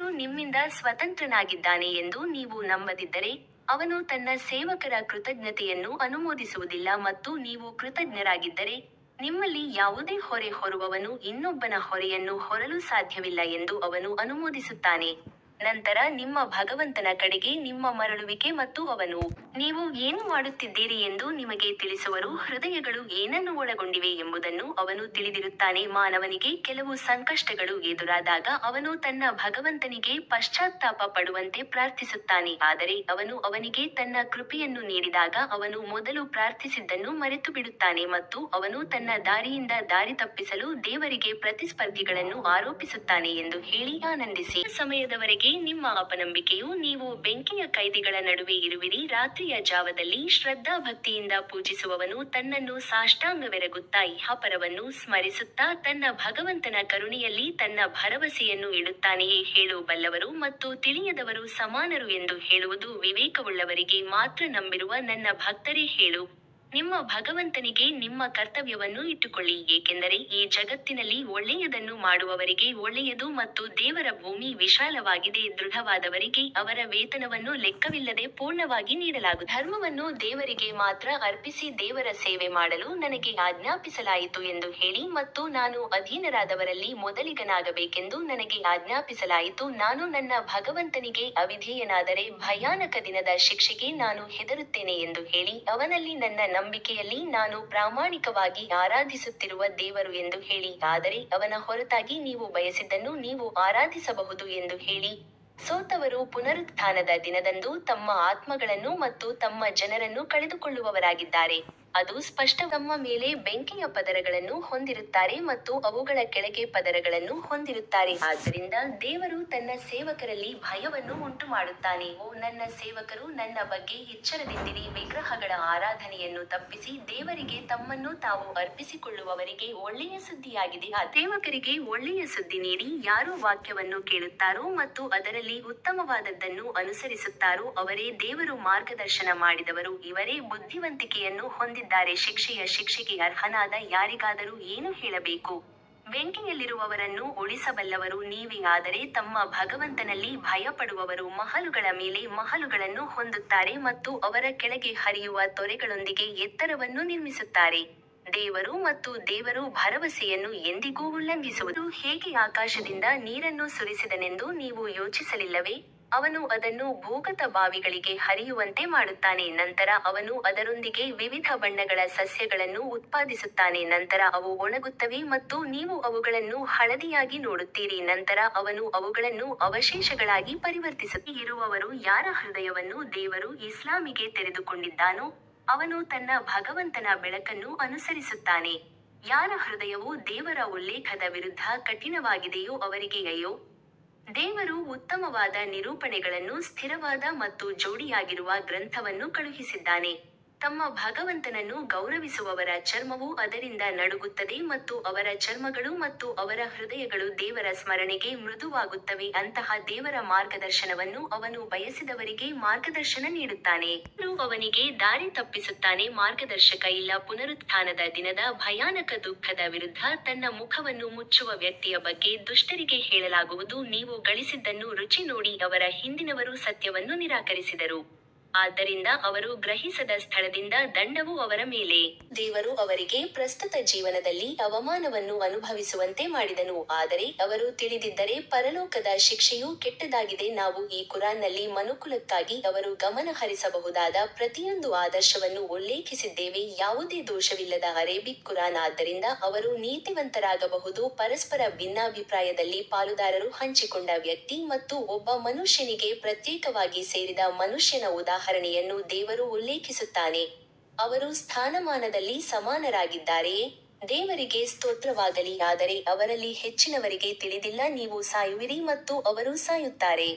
ದೇವರು ನಿಮ್ಮಿಂದ ಸ್ವತಂತ್ರನಾಗಿದ್ದಾನೆ ಎಂದು ನೀವು ನಂಬದಿದ್ದರೆ, ಅವನು ತನ್ನ ಸೇವಕರ ಕೃತಜ್ಞತೆಯನ್ನು ಅನುಮೋದಿಸುವುದಿಲ್ಲ ಮತ್ತು ನೀವು ಕೃತಜ್ಞರಾಗಿದ್ದರೆ, ನಿಮ್ಮಲ್ಲಿ ಯಾವುದೇ ಹೊರೆ ಹೊರುವವನು ಇನ್ನೊಬ್ಬನ ಹೊರೆಯನ್ನು ಹೊರಲು ಸಾಧ್ಯವಿಲ್ಲ ಎಂದು ಅವನು ಅನುಮೋದಿಸುತ್ತಾನೆ, ನಂತರ ನಿಮ್ಮ ಭಗವಂತನ ಕಡೆಗೆ ನಿಮ್ಮ ಮರಳುವಿಕೆ ಮತ್ತು ಅವನು. ನೀವು ಏನು ಮಾಡುತ್ತಿದ್ದೀರಿ ಎಂದು ನಿಮಗೆ ತಿಳಿಸುವರು ಹೃದಯಗಳು ಏನನ್ನು ಒಳಗೊಂಡಿವೆ ಎಂಬುದನ್ನು ಅವನು ತಿಳಿದಿರುತ್ತಾನೆ ಮಾನವನಿಗೆ ಕೆಲವು ಸಂಕಷ್ಟಗಳು ಎದುರಾದಾಗ ಅವನು ತನ್ನ ಭಗವಂತನಿಗೆ ಪಶ್ಚಾತ್ತಾಪ ಪಡುವಂತೆ ಪ್ರಾರ್ಥಿಸುತ್ತಾನೆ ಆದರೆ ಅವನು ಅವನಿಗೆ ತನ್ನ ಕೃಪೆಯನ್ನು ನೀಡಿದಾಗ ಅವನು ಮೊದಲು ಪ್ರಾರ್ಥಿಸಿದ್ದನ್ನು ಮರೆತುಬಿಡುತ್ತಾನೆ ಮತ್ತು ಅವನು ತನ್ನ ದಾರಿಯಿಂದ ದಾರಿತಪ್ಪಿಸಲು ದೇವರಿಗೆ ಪ್ರತಿಸ್ಪರ್ಧಿಗಳನ್ನು ಆರೋಪಿಸುತ್ತಾನೆ ಎಂದು ಹೇಳಿ ಆನಂದಿಸಿ. ಸ್ವಲ್ಪ ಸಮಯದವರೆಗೆ ನಿಮ್ಮ ಅಪನಂಬಿಕೆಯು ನೀವು ಬೆಂಕಿಯ ಕೈದಿಗಳ ನಡುವೆ ಇರುವಿರಿ ರಾತ್ರಿಯ ಜಾವದಲ್ಲಿ ಶ್ರದ್ಧಾಭಕ್ತಿಯಿಂದ ಪೂಜಿಸುವವನು ತನ್ನನ್ನು ಸಾಷ್ಟಾಂಗವೆರಗುತ್ತಾ ಇಹಪರವನ್ನು ಸ್ಮರಿಸುತ್ತಾ ತನ್ನ ಭಗವಂತನ ಕರುಣೆಯಲ್ಲಿ ತನ್ನ ಭರವಸೆಯನ್ನು ಇಡುತ್ತಾನೆಯೇ ಹೇಳು ಬಲ್ಲವರು ಮತ್ತು ತಿಳಿಯದವರು ಸಮಾನರು ಎಂದು ಹೇಳುವುದು ವಿವೇಕವುಳ್ಳವರಿಗೆ ಮಾತ್ರ ನಂಬಿರುವ ನನ್ನ ಭಕ್ತರೇ ಹೇಳು, ನಿಮ್ಮ ಭಗವಂತನಿಗೆ ನಿಮ್ಮ ಕರ್ತವ್ಯವನ್ನು ಇಟ್ಟುಕೊಳ್ಳಿ ಏಕೆಂದರೆ ಈ ಜಗತ್ತಿನಲ್ಲಿ ಒಳ್ಳೆಯದನ್ನು ಮಾಡುವವರಿಗೆ ಒಳ್ಳೆಯದು ಮತ್ತು ದೇವರ ಭೂಮಿ ವಿಶಾಲವಾಗಿದೆ ದೃಢವಾದವರಿಗೆ ಅವರ ವೇತನವನ್ನು ಲೆಕ್ಕವಿಲ್ಲದೆ ಪೂರ್ಣವಾಗಿ ನೀಡಲಾಗುತ್ತದೆ. ನನ್ನ ಧರ್ಮವನ್ನು ದೇವರಿಗೆ ಮಾತ್ರ ಅರ್ಪಿಸಿ ದೇವರ ಸೇವೆ ಮಾಡಲು ನನಗೆ ಆಜ್ಞಾಪಿಸಲಾಯಿತು ಎಂದು ಹೇಳಿ ಮತ್ತು ನಾನು ಅಧೀನರಾದವರಲ್ಲಿ ಮೊದಲಿಗನಾಗಬೇಕೆಂದು ನನಗೆ ಆಜ್ಞಾಪಿಸಲಾಯಿತು ನಾನು ನನ್ನ ಭಗವಂತನಿಗೆ ಅವಿಧೇಯನಾದರೆ ಭಯಾನಕ ದಿನದ ಶಿಕ್ಷೆಗೆ ನಾನು ಹೆದರುತ್ತೇನೆ ಎಂದು ಹೇಳಿ ಅವನಲ್ಲಿ ನನ್ನ ನಂಬಿಕೆಯಲ್ಲಿ ನಾನು ಪ್ರಾಮಾಣಿಕವಾಗಿ ಆರಾಧಿಸುತ್ತಿರುವ ದೇವರು ಎಂದು ಹೇಳಿ ಆದರೆ ಅವನ ಹೊರತಾಗಿ ನೀವು ಬಯಸಿದ್ದನ್ನು ನೀವು ಆರಾಧಿಸಬಹುದು ಎಂದು ಹೇಳಿ, ಸೋತವರು ಪುನರುತ್ಥಾನದ ದಿನದಂದು ತಮ್ಮ ಆತ್ಮಗಳನ್ನು ಮತ್ತು ತಮ್ಮ ಜನರನ್ನು ಕಳೆದುಕೊಳ್ಳುವವರಾಗಿದ್ದಾರೆ, ಅದು ಸ್ಪಷ್ಟವಾದ ನಷ್ಟವಾಗಿದೆ. ಅವರು ತಮ್ಮ ಮೇಲೆ ಬೆಂಕಿಯ ಪದರಗಳನ್ನು ಹೊಂದಿರುತ್ತಾರೆ ಮತ್ತು ಅವುಗಳ ಕೆಳಗೆ ಪದರಗಳನ್ನು ಹೊಂದಿರುತ್ತಾರೆ ಆದ್ದರಿಂದ ದೇವರು ತನ್ನ ಸೇವಕರಲ್ಲಿ ಭಯವನ್ನು ಉಂಟುಮಾಡುತ್ತಾನೆ ಓ ನನ್ನ ಸೇವಕರು ನನ್ನ ಬಗ್ಗೆ ಎಚ್ಚರದಿಂದಿರಿ ವಿಗ್ರಹಗಳ ಆರಾಧನೆಯನ್ನು ತಪ್ಪಿಸಿ ದೇವರಿಗೆ ತಮ್ಮನ್ನು ತಾವು ಅರ್ಪಿಸಿಕೊಳ್ಳುವವರಿಗೆ ಒಳ್ಳೆಯ ಸುದ್ದಿಯಾಗಿದೆ ಆದ್ದರಿಂದ ನನ್ನ ಸೇವಕರಿಗೆ ಒಳ್ಳೆಯ ಸುದ್ದಿ ನೀಡಿ ಯಾರು ವಾಕ್ಯವನ್ನು ಕೇಳುತ್ತಾರೋ ಮತ್ತು ಅದರಲ್ಲಿ ಉತ್ತಮವಾದದ್ದನ್ನು ಅನುಸರಿಸುತ್ತಾರೋ ಅವರೇ ದೇವರು ಮಾರ್ಗದರ್ಶನ ಮಾಡಿದವರು ಇವರೇ ಬುದ್ಧಿವಂತಿಕೆಯನ್ನು ಹೊಂದಿದ್ದಾರೆ ಶಿಕ್ಷೆಯ ಶಿಕ್ಷೆಗೆ ಅರ್ಹನಾದ ಯಾರಿಗಾದರೂ ಏನು ಹೇಳಬೇಕು, ಬೆಂಕಿಯಲ್ಲಿರುವವರನ್ನು ಉಳಿಸಬಲ್ಲವರು ನೀವೇ ಆದರೆ ತಮ್ಮ ಭಗವಂತನಲ್ಲಿ ಭಯಪಡುವವರು ಮಹಲುಗಳ ಮೇಲೆ ಮಹಲುಗಳನ್ನು ಹೊಂದುತ್ತಾರೆ ಮತ್ತು ಅವರ ಕೆಳಗೆ ಹರಿಯುವ ತೊರೆಗಳೊಂದಿಗೆ ಎತ್ತರವನ್ನು ನಿರ್ಮಿಸುತ್ತಾರೆ, ದೇವರು ಮತ್ತು ದೇವರು ಭರವಸೆಯನ್ನು ಎಂದಿಗೂ ಉಲ್ಲಂಘಿಸುವುದಿಲ್ಲ. ದೇವರು ಹೇಗೆ ಆಕಾಶದಿಂದ ನೀರನ್ನು ಸುರಿಸಿದನೆಂದು ನೀವು ಯೋಚಿಸಲಿಲ್ಲವೇ, ಅವನು ಅದನ್ನು ಭೂಗತ ಬಾವಿಗಳಿಗೆ ಹರಿಯುವಂತೆ ಮಾಡುತ್ತಾನೆ ನಂತರ ಅವನು ಅದರೊಂದಿಗೆ ವಿವಿಧ ಬಣ್ಣಗಳ ಸಸ್ಯಗಳನ್ನು ಉತ್ಪಾದಿಸುತ್ತಾನೆ ನಂತರ ಅವು ಒಣಗುತ್ತವೆ ಮತ್ತು ನೀವು ಅವುಗಳನ್ನು ಹಳದಿಯಾಗಿ ನೋಡುತ್ತೀರಿ ನಂತರ ಅವನು ಅವುಗಳನ್ನು ಅವಶೇಷಗಳಾಗಿ ಪರಿವರ್ತಿಸುತ್ತಾನೆ. ತಿಳುವಳಿಕೆ ಇರುವವರು ಯಾರ ಹೃದಯವನ್ನು ದೇವರು ಇಸ್ಲಾಮಿಗೆ ತೆರೆದುಕೊಂಡಿದ್ದಾನೋ, ಅವನು ತನ್ನ ಭಗವಂತನ ಬೆಳಕನ್ನು ಅನುಸರಿಸುತ್ತಾನೆ, ಯಾರ ಹೃದಯವು ದೇವರ ಉಲ್ಲೇಖದ ವಿರುದ್ಧ ಕಠಿಣವಾಗಿದೆಯೋ ಅವರಿಗೆ ಅಯ್ಯೋ? ದೇವರು ಉತ್ತಮವಾದ ನಿರೂಪಣೆಗಳನ್ನು ಸ್ಥಿರವಾದ ಮತ್ತು ಜೋಡಿಯಾಗಿರುವ ಗ್ರಂಥವನ್ನು ಕಳುಹಿಸಿದ್ದಾನೆ, ತಮ್ಮ ಭಗವಂತನನ್ನು ಗೌರವಿಸುವವರ ಚರ್ಮವು ಅದರಿಂದ ನಡುಗುತ್ತದೆ ಮತ್ತು ಅವರ ಚರ್ಮಗಳು ಮತ್ತು ಅವರ ಹೃದಯಗಳು ದೇವರ ಸ್ಮರಣೆಗೆ ಮೃದುವಾಗುತ್ತವೆ ಅಂತಹ ದೇವರ ಮಾರ್ಗದರ್ಶನವನ್ನು ಅವನು ಬಯಸಿದವರಿಗೆ ಮಾರ್ಗದರ್ಶನ ನೀಡುತ್ತಾನೆ. ದೇವರು ಅವನಿಗೆ ದಾರಿ ತಪ್ಪಿಸುತ್ತಾನೆ ಮಾರ್ಗದರ್ಶಕ ಇಲ್ಲ ಪುನರುತ್ಥಾನದ ದಿನದ ಭಯಾನಕ ದುಃಖದ ವಿರುದ್ಧ ತನ್ನ ಮುಖವನ್ನು ಮುಚ್ಚುವ ವ್ಯಕ್ತಿಯ ಬಗ್ಗೆ ದುಷ್ಟರಿಗೆ ಹೇಳಲಾಗುವುದು ನೀವು ಗಳಿಸಿದ್ದನ್ನು ರುಚಿ ನೋಡಿ ಅವರ ಹಿಂದಿನವರೂ ಸತ್ಯವನ್ನು ನಿರಾಕರಿಸಿದರು, ಆದ್ದರಿಂದ ಅವರು ಗ್ರಹಿಸದ ಸ್ಥಳದಿಂದ ದಂಡವು ಅವರ ಮೇಲೆ ಬಂದಿತು ದೇವರು ಅವರಿಗೆ ಪ್ರಸ್ತುತ ಜೀವನದಲ್ಲಿ ಅವಮಾನವನ್ನು ಅನುಭವಿಸುವಂತೆ ಮಾಡಿದನು ಆದರೆ ಅವರು ತಿಳಿದಿದ್ದರೆ ಪರಲೋಕದ ಶಿಕ್ಷೆಯು ಕೆಟ್ಟದಾಗಿದೆ ನಾವು ಈ ಕುರಾನ್ನಲ್ಲಿ ಮನುಕುಲಕ್ಕಾಗಿ ಅವರು ಗಮನಹರಿಸಬಹುದಾದ ಪ್ರತಿಯೊಂದು ಆದರ್ಶವನ್ನು ಉಲ್ಲೇಖಿಸಿದ್ದೇವೆ ಯಾವುದೇ ದೋಷವಿಲ್ಲದ ಅರೇಬಿಕ್ ಕುರಾನ್ ಆದ್ದರಿಂದ ಅವರು ನೀತಿವಂತರಾಗಬಹುದು ಪರಸ್ಪರ ಭಿನ್ನಾಭಿಪ್ರಾಯದಲ್ಲಿ ಪಾಲುದಾರರು ಹಂಚಿಕೊಂಡ ವ್ಯಕ್ತಿ ಮತ್ತು ಒಬ್ಬ ಮನುಷ್ಯನಿಗೆ ಪ್ರತ್ಯೇಕವಾಗಿ ಸೇರಿದ ಮನುಷ್ಯನ ಉದಾಹರಣೆಯನ್ನು ದೇವರು ಉಲ್ಲೇಖಿಸುತ್ತಾನೆ, ಅವರು ಸ್ಥಾನಮಾನದಲ್ಲಿ ಸಮಾನರಾಗಿದ್ದಾರೆಯೇ, ದೇವರಿಗೆ ಸ್ತೋತ್ರವಾಗಲಿ ಆದರೆ ಅವರಲ್ಲಿ ಹೆಚ್ಚಿನವರಿಗೆ ತಿಳಿದಿಲ್ಲ ನೀವು ಸಾಯುವಿರಿ ಮತ್ತು ಅವರು ಸಾಯುತ್ತಾರೆ.